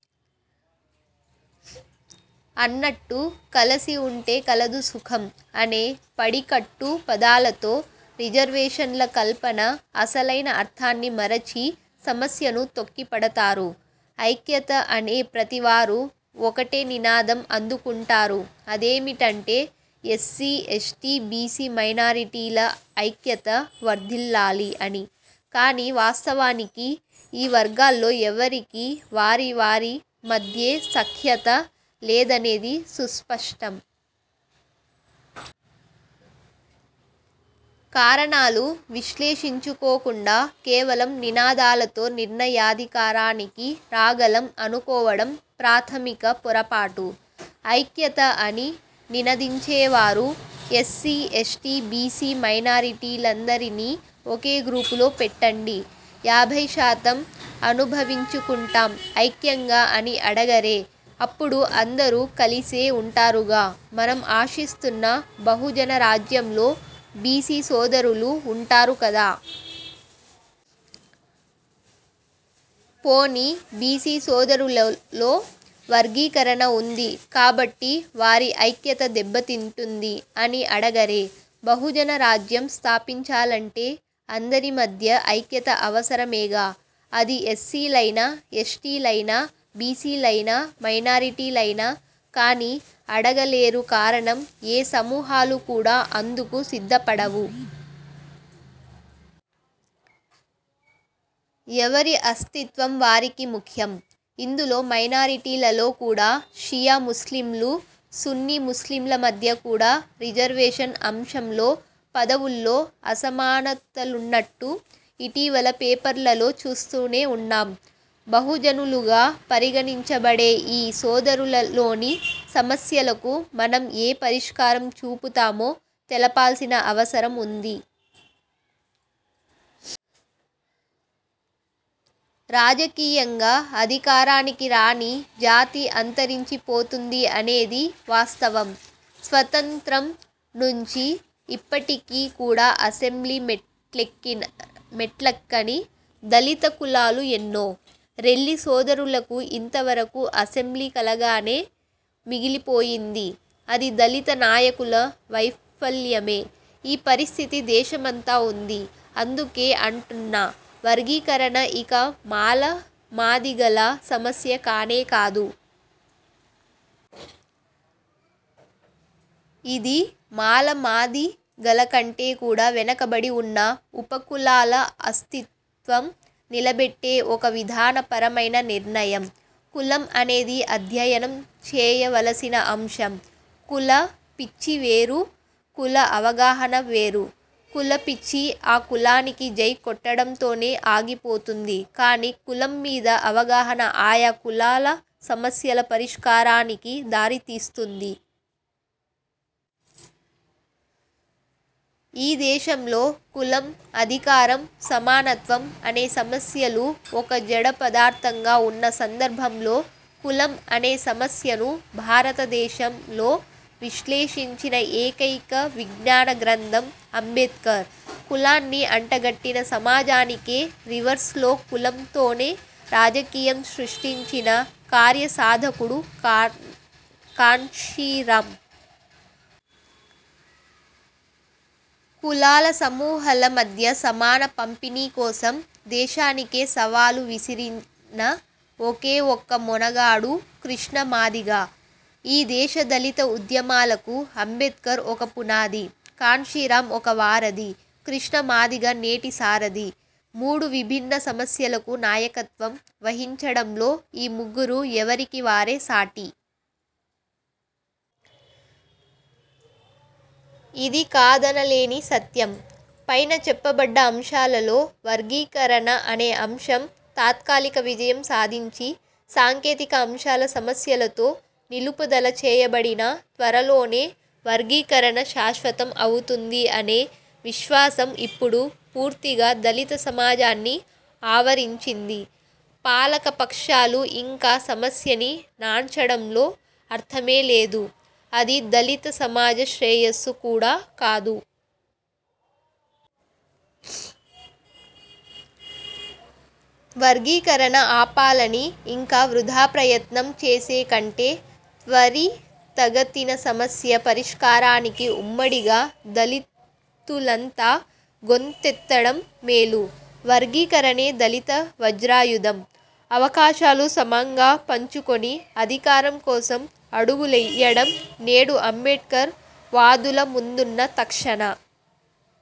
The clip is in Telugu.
అన్నట్టు కలసి ఉంటె కలదు సుఖం అనే పడికట్టు పదాలతో రిజర్వేషన్ల కల్పన అసలైన అర్థాన్ని మరచి సమస్యను తొక్కిపడతారు. ఐక్యత అనే ప్రతి వారు ఒకటే నినాదం అందుకుంటారు అదేమిటంటే 'ఎస్సీ, ఎస్టీ, బీసీ మైనారిటీల ఐక్యత వర్ధిల్లాలి' అని. కానీ వాస్తవానికి ఈ వర్గాల్లో ఎవ్వరికీ వారి వారి మధ్యే సఖ్యత లేదనేది సుస్పష్టం. కారణాలు విశ్లేషించుకోకుండా కేవలం నినాదాలతో నిర్ణయాధికారానికి రాగలం అనుకోవడం ప్రాథమిక పొరపాటు. ఐక్యత అని నినదించేవారు ఎస్సీ, ఎస్టీ, బీసీ మైనారిటీలందరినీ ఒకే గ్రూపులో పెట్టండి, యాభైశాతం అనుభవించుకుంటాం ఐక్యంగా అని అడగరే? అప్పుడు అందరూ కలిసే ఉంటారుగా. మనం ఆశిస్తున్న బహుజనరాజ్యంలో బీసీ సోదరులు ఉంటారు కదా? పోనీ బీసీ సోదరులలో వర్గీకరణ ఉంది కాబట్టి వారి ఐక్యత దెబ్బతింటుంది అని అడగరే? బహుజన రాజ్యం స్థాపించాలంటే అందరి మధ్య ఐక్యత అవసరమేగా. అది ఎస్సీ లైనా, ఎస్టీ లైనా, బీసీలైనా, మైనారిటీ లైనా. కానీ అడగలేరు కారణం ఏ సమూహాలు కూడా అందుకు సిద్ధపడవు. ఎవరి అస్తిత్వం వారికి ముఖ్యం. ఇందులో మైనారిటీలలో కూడా షియా ముస్లింలు, సున్నీ ముస్లిం ల మధ్య కూడా రిజర్వేషన్ అంశంలో పదవుల్లో అసమానతలున్నట్టు ఇటీవల పేపర్లలో చూస్తూనే ఉన్నాం. బహుజనులుగా పరిగణించబడే ఈ సోదరులలోని సమస్యలకు మనం ఏ పరిష్కారం చూపుతామో తెలపాల్సిన అవసరం ఉంది. రాజకీయంగా అధికారానికి రాని జాతి అంతరించిపోతుంది అనేది వాస్తవం. స్వతంత్రం నుంచి ఇప్పటికీ కూడా అసెంబ్లీ మెట్లెక్కని దళిత కులాలు ఎన్నో. రెల్లి సోదరులకు ఇంతవరకు అసెంబ్లీ కలగానే మిగిలిపోయింది. అది దళిత నాయకుల వైఫల్యమే. ఈ పరిస్థితి దేశమంతా ఉంది. అందుకే అంటున్నా వర్గీకరణ ఇక మాల మాదిగల సమస్య కానేకాదు. ఇది మాల మాదిగలకంటే కూడా వెనకబడి ఉన్న ఉపకులాల అస్తిత్వం నిలబెట్టే ఒక విధాన పరమైన నిర్ణయం. కులం అనేది అధ్యయనం చేయవలసిన అంశం. 'కుల పిచ్చి' వేరు, 'కుల అవగాహన' వేరు. కుల పిచ్చి ఆ కులానికి జై కొట్టడంతోనే ఆగిపోతుంది. కానీ కులం మీద అవగాహన ఆయా కులాల సమస్యల పరిష్కారానికి దారితీస్తుంది. ఈ దేశంలో కులం, అధికారం, సమానత్వం అనే సమస్యలు ఒక జడ పదార్థంగా ఉన్న సందర్భంలో కులం అనే సమస్యను భారతదేశం లో విశ్లేషించిన ఏకైక విజ్ఞాన గ్రంథం అంబేడ్కర్. కులాన్ని అంటగట్టిన సమాజానికే రివర్స్ లో కులం తోనే రాజకీయం సృష్టించిన కార్యసాధకుడు కాన్షీరాం. కులాల సమూహల మధ్య సమాన పంపిణీ కోసం దేశానికే సవాలు విసిరిన ఒకేఒక్క మొనగాడు కృష్ణ మాదిగ. ఈ దేశ దళిత ఉద్యమాలకు అంబేడ్కర్ ఒక పునాది. కాన్షీరాం ఒక వారధి. కృష్ణ మాదిగ నేటి సారథి. మూడు విభిన్న సమస్యలకు నాయకత్వం వహించడంలో ఈ ముగ్గురు ఎవరికివారే సాటి. ఇది కాదనలేని సత్యం. పైన చెప్పబడ్డ అంశాలలో వర్గీకరణ అనే అంశం తాత్కాలిక విజయం సాధించి సాంకేతిక అంశాల సమస్యలతో నిలుపుదల చేయబడినా త్వరలోనే వర్గీకరణ శాశ్వతం అవుతుంది అనే విశ్వాసం ఇప్పుడు పూర్తిగా దళిత సమాజాన్ని ఆవరించింది. పాలక పక్షాలు ఇంకా సమస్యని నాన్చడంలో అర్థమే లేదు, అది దళిత సమాజ శ్రేయస్సు కూడా కాదు. వర్గీకరణ ఆపాలని ఇంకా వృథా ప్రయత్నం చేసే కంటే త్వరితగతిన సమస్య పరిష్కారానికి ఉమ్మడిగా దళితులంతా గొంతెత్తడం మేలు. వర్గీకరణే దళిత వజ్రాయుధం. అవకాశాలు సమంగా పంచుకొని, అధికారం కోసం అడుగులెయ్యడం నేడు అంబేడ్కర్ వాదుల ముందున్న తక్షణ